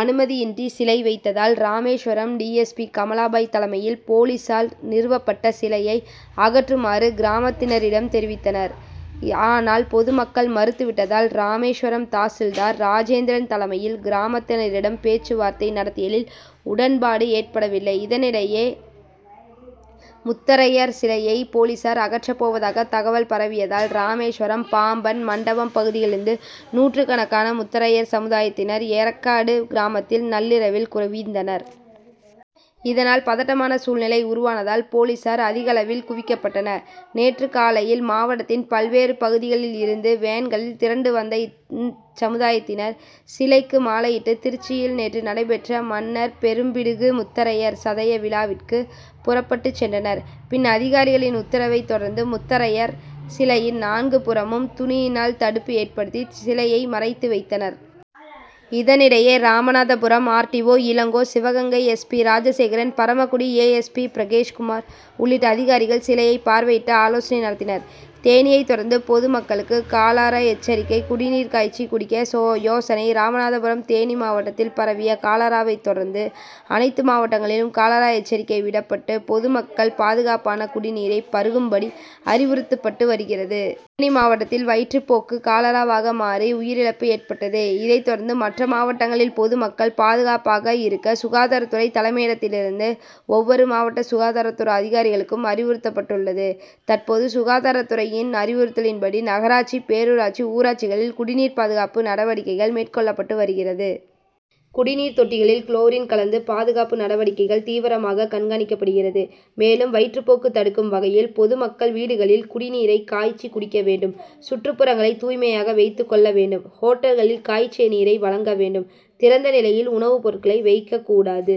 அனுமதியின்றி சிலை வைத்ததால் Rameswaram D. S. பி.,கமலபாய் தலைமையில் போலீசார் நிறுவப்பட்ட சிலையை அகற்றுமாறு கிராமத்தினரிடம் தெரிவித்தனர். ஆனால் பொது மக்கள் மறுத்து விட்டதால் ராமேஸ்வரம் தாசில்தார் ராஜேந்திரன் தலைமையில் கிராமத்தினரிடம் பேச்சுவார்த்தை நடத்தியதில் உடன்பாடு ஏற்படவில்லை. இதனிடையே முத்தரையர் சிலையை போலீசார் அகற்றப்போவதாக தகவல் பரவியதால் ராமேஸ்வரம், பாம்பன், மண்டபம் பகுதிகளில் இருந்து நூற்றுக்கணக்கான முத்தரையர் சமுதாயத்தினர் ஏரகாடு கிராமத்தில் நள்ளிரவில் குவிந்தனர். இதனால் பதட்டமான சூழ்நிலை உருவானதால் போலீசார் அதிகளவில் குவிக்கப்பட்டனர். நேற்று காலையில் மாவட்டத்தின் பல்வேறு பகுதிகளில் இருந்து வேன்களில் திரண்டு வந்த இச்சமுதாயத்தினர் சிலைக்கு மாலையிட்டு திருச்சியில் நேற்று நடைபெற்ற மன்னர் பெரும்பிடுகு முத்தரையர் சதய விழாவிற்கு புறப்பட்டு சென்றனர். பின் அதிகாரிகளின் உத்தரவை தொடர்ந்து முத்தரையர் சிலையின் நான்கு புறமும் துணியினால் தடுப்பு ஏற்படுத்தி சிலையை மறைத்து வைத்தனர். இதனிடையே ராமநாதபுரம் ஆர். டி. ஓ., இளங்கோ, சிவகங்கை எஸ். பி.,ராஜசேகரன், பரமக்குடி ஏ. எஸ். பி., பிரகேஷ்குமார் உள்ளிட்ட அதிகாரிகள் சிலையை பார்வையிட்டு ஆலோசனை நடத்தினர். தேனியை தொடர்ந்து பொது மக்களுக்கு காலார எச்சரிக்கை குடிநீரை காய்ச்சி குடிக்க யோசனை ராமநாதபுரம் தேனி மாவட்டத்தில் பரவிய காலாரவை தொடர்ந்து அனைத்து மாவட்டங்களிலும் காலார எச்சரிக்கை விடப்பட்டு பொது மக்கள் பாதுகாப்பான குடிநீரை பருகும்படி அறிவுருத்தப்பட்டு வருகிறது. தேனி மாவட்டத்தில் வயிற்று போக்கு காலாராவாக மாறி உயிரிழப்பு ஏற்பட்டது. இதை தொடர்ந்து மற்ற மாவட்டங்களில் பொது மக்கள் பாதுகாப்பாக இருக்க சுகாதார துறை தலைமையிடத்திலிருந்து ஒவ்வொரு மாவட்ட சுகாதார அதிகாரிகளுக்கும் அறிவுருத்தப்பட்டுள்ளது. தற்போது சுகாதார துறையின் அறிவுறுத் தலின்படி நகராட்சி, பேரூராட்சி, ஊராட்சிகளில் குடிநீர் பாதுகாப்பு நடவடிக்கைகள் மேற்கொள்ளப்பட்டு வருகிறது. குடிநீர் தொட்டிகளில் குளோரின் கலந்து பாதுகாப்பு நடவடிக்கைகள் தீவிரமாக கண்காணிக் கப்படுகிறது. மேலும் வயிற்று போக்கு தடுக்கும் வகையில் பொதுமக்கள் வீடுகளில் குடிநீரை காய்ச்சி குடிக்க வேண்டும். சுற்றுப்புறங்களை தூய்மையாக வைத்துக் கொள்ள வேண்டும். ஓட்டல்களில் காய்ச்சிய நீரை வழங்க வேண்டும். திறந்த நிலையில் உணவு பொருட்களை வைக்கக்கூடாது.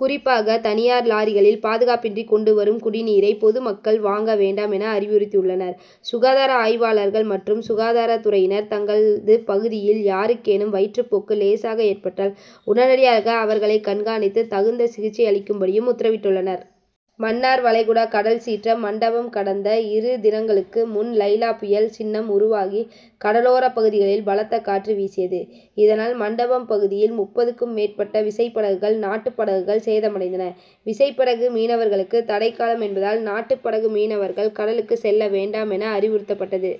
குறிப்பாக தனியார் லாரிகளில் பாதுகாப்பின்றி கொண்டு வரும் குடிநீரை பொது மக்கள் வாங்க வேண்டாம் என அறிவுருத்தியுள்ளனர். சுகாதார ஆய்வாளர்கள் மற்றும் சுகாதார துறையினர் தங்களது பகுதிகளில் யாருக்கேனும் வயிற்று போக்கு லேசாக ஏற்பட்டால் உடனடியாக அவர்களை கண்காணித்து தகுந்த சிகிச்சை அளிக்கும்படியும் உத்தரவிட்டு ள்ளனர். மன்னார் வளைகுடா கடல் சீற்றம் மண்டபம் கடந்த இரு தினங்களுக்கு முன் லைலா புயல் சின்னம் உருவாகி கடலோர பகுதிகளில் பலத்த காற்று வீசியது. இதனால் மண்டபம் பகுதியில் முப்பதுக்கும் மேற்பட்ட விசைப்படகுகள், நாட்டுப்படகுகள் சேதமடைந்தன. விசைப்படகு மீனவர்களுக்கு தடைக்காலம் என்பதால், நாட்டுப்படகு மீனவர்கள் கடலுக்கு செல்ல வேண்டாம் என அறிவுறுத்தப்பட்டது.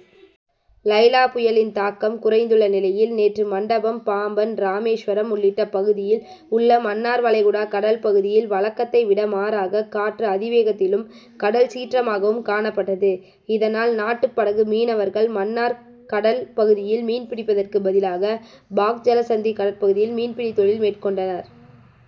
லைலா புயலின் தாக்கம் குறைந்துள்ள நிலையில் நேற்று மண்டபம், பாம்பன், ராமேஸ்வரம் உள்ளிட்ட பகுதியில் உள்ள மன்னார் வளைகுடா கடல்பகுதியில் வழக்கத்தை விட மாறாக காற்று அதிவேகத்திலும், கடல் சீற்றமாகவும் காணப்பட்டது. இதனால் நாட்டுப்படகு மீனவர்கள் மன்னார் கடல் பகுதியில் மீன்பிடிப்பதற்கு பதிலாக பாக் ஜலசந்தி கடல்பகுதியில் மீன்பிடி தொழில் மேற்கொண்டனர்.